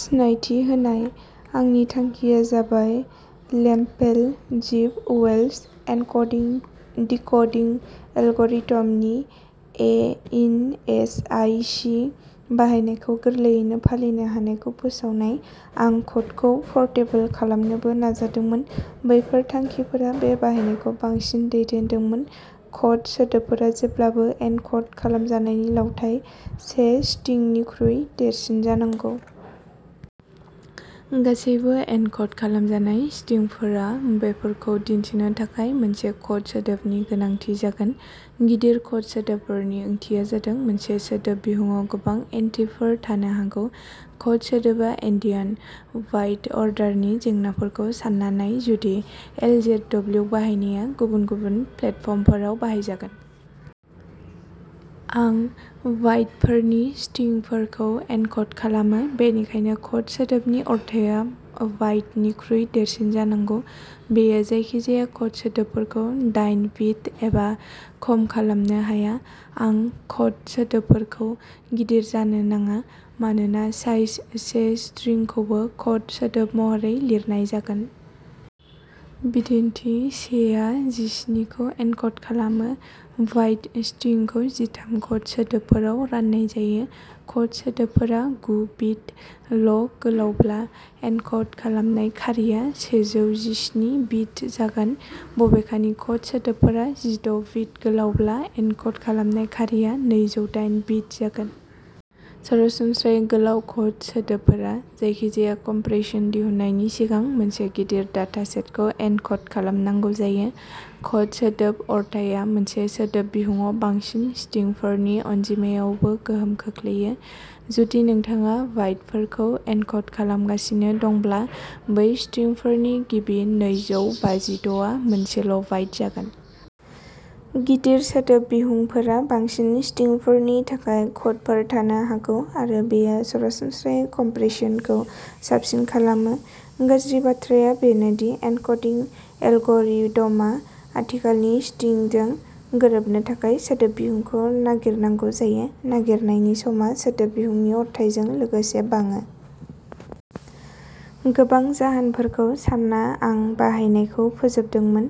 सिनायथि होनाय, आंनि थांखिया जाबाय लेमपेल-जिभ-अवेल्च एनक'डिं डिक'डिं एलग'रिथमनि A N S I C बाहायनायखौ गोरलैयैनो फालिनो हानायखौ फोसावनाय। आं क'डखौ परटेबल खालामनोबो नाजादोंमोन। बैफोर थांखिफोरा बे बाहायनायखौ बांसिन दैदेनदोंमोन। क'ड सोदोबफोरा जेब्लानो एनक'ड खालामजानायनि लावथाइ से स्ट्रिंनिख्रुइ देरसिन जानांगौ। गासैबो एनक'ड खालामजानाय स्ट्रिंफोरा बेफोरखौ दिन्थिनो थाखाय मोनसे क'ड सोदोबनि गोनांथि जागोन। गिदिर क'ड सोदोबफोरनि ओंथिया जादों मोनसे सोदोब बिहुंआव गोबां एन्ट्रिफोर थानो हागौ। क'ड सोदोब एन्डियान/बाइट अर्डारनि जेंनाफोरखौ सानना नाय जुदि एल जेड डब्लिउ बाहायनाया गुबुन गुबुन प्लेटफर्मफोराव बाहायजागोन। आं बाइटफोरनि स्ट्रिंफोरखौ एनक'ड खालामो, बेनिखायनो क'ड सोदोबनि अरथाइया बाइटनिख्रुइ देरसिन जानांगौ। बेयो जायखिजाया क'ड सोदोबफोरखौ दाइन बिट एबा खम खालामनो हाया। आं क'ड सोदोबफोरखौ गिदिर जानो नाङा, मानोना साइज से स्ट्रिंखौबो क'ड सोदोब महरै लिरनाय जागोन। बिदिन्थि से आ जिस्निखौ एनक'ड खालामो। बाइट स्ट्रिंखौ जिथाम क'ड सोदोबफोराव राननाय जायो। क'ड सोदोबफोरा गु बिट ल'गोलावब्ला, एनक'ड खालामनाय खारिआ सेजौ जिस्नि बिट जागोन। बबेखानि, क'ड सोदोबफोरा जिद’ बिट गोलावब्ला, एनक'ड खालामनाय खारिआ नैजौ दाइन बिट जागोन। सरासनस्रायै, गोलाव क'ड सोदोबफोरा जायखिजाया कमप्रेसन दिहुननायनि सिगां मोनसे गिदिर डाटा सेटखौ एनक'ड खालामनांगौ जायो। क'ड सोदोब अरथाइया मोनसे सोदोब बिहुंआव बांसिन स्ट्रिंफोरनि अनजिमायावबो गोहोम खोख्लैयो। जुदि नोंथाङा बाइटफोरखौ एनक'ड खालामगासिनो दंब्ला बै स्ट्रिंफोरनि गिबि नैजौ बाजिद’ आ मोनसेल' बाइट जागोन। गिदिर सोदोब बिहुंफोरा बांसिन स्ट्रिंफोरनि थाखाय क'डफोर थानो हागौ आरो बेयो सरासनस्रायै कमप्रेसनखौ साबसिन खालामो। गाज्रि बाथ्राया बेनो दि एनक'डिं एलग'रिडमआ आथिखालनि स्ट्रिंजों गोरोबनो थाखाय सोदोब बिहुंखौ नागिरनांगौ जायो। नागिरनायनि समा सोदोब बिहुंनि अरथाइजों लोगोसे बाङो। गोबां जाहोनफोरखौ सानना आं बाहायनायखौ फोजोबदोंमोन।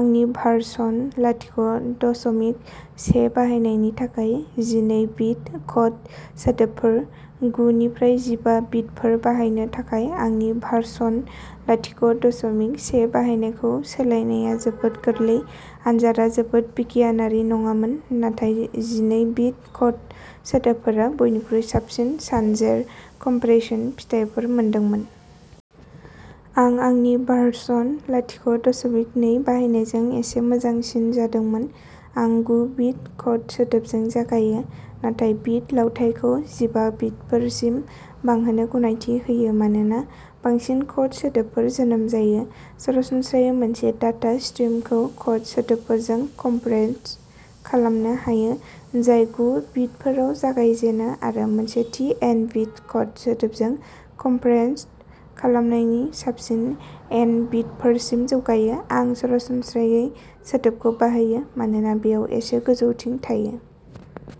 आंनि भारसन लाथिख’ दसमिक से बाहायनायनि थाखाय जिनै बिट क'ड सोदोबफोर। गु निफ्राय जिबा बिटफोर बाहायनो थाखाय आंनि भारसन लाथिख’ दसमिक से बाहायनायखौ सोलायनाया जोबोद गोरलै। आनजादआ जोबोद बिगियानारि नङामोन, नाथाय जिनै बिट क'ड सोदोबफोरा बयनिख्रुइ साबसिन सानजेर कमप्रेसन फिथायफोर मोनदोंमोन। आं आंनि भारसन लाथिख’ दसमिक नै बाहायनायजों एसे मोजांसिन जादोंमोन। आं गु बिट क'ड सोदोबजों जागायो, नाथाय बिट लावथाइखौ जिबा बिटफोरसिम बांहोनो गनायथि होयो मानोना बांसिन क'ड सोदोबफोर जोनोम जायो। सरासनस्रायै मोनसे डाटा स्ट्रिमखौ क'ड सोदोबफोरजों कमप्रेस्ड खालामनो हायो जाय गु बिटफोराव जागायजेनो आरो मोनसे थि एन बिट क'ड सोदोबजों कमप्रेस्ड खालामनायनिख्रुइ साबसिन एन बिटफोरसिम जौगायो। आं "सरासनस्रायै" सोदोबखौ बाहायो, मानोना बेयाव एसे गोजौथिं थायो।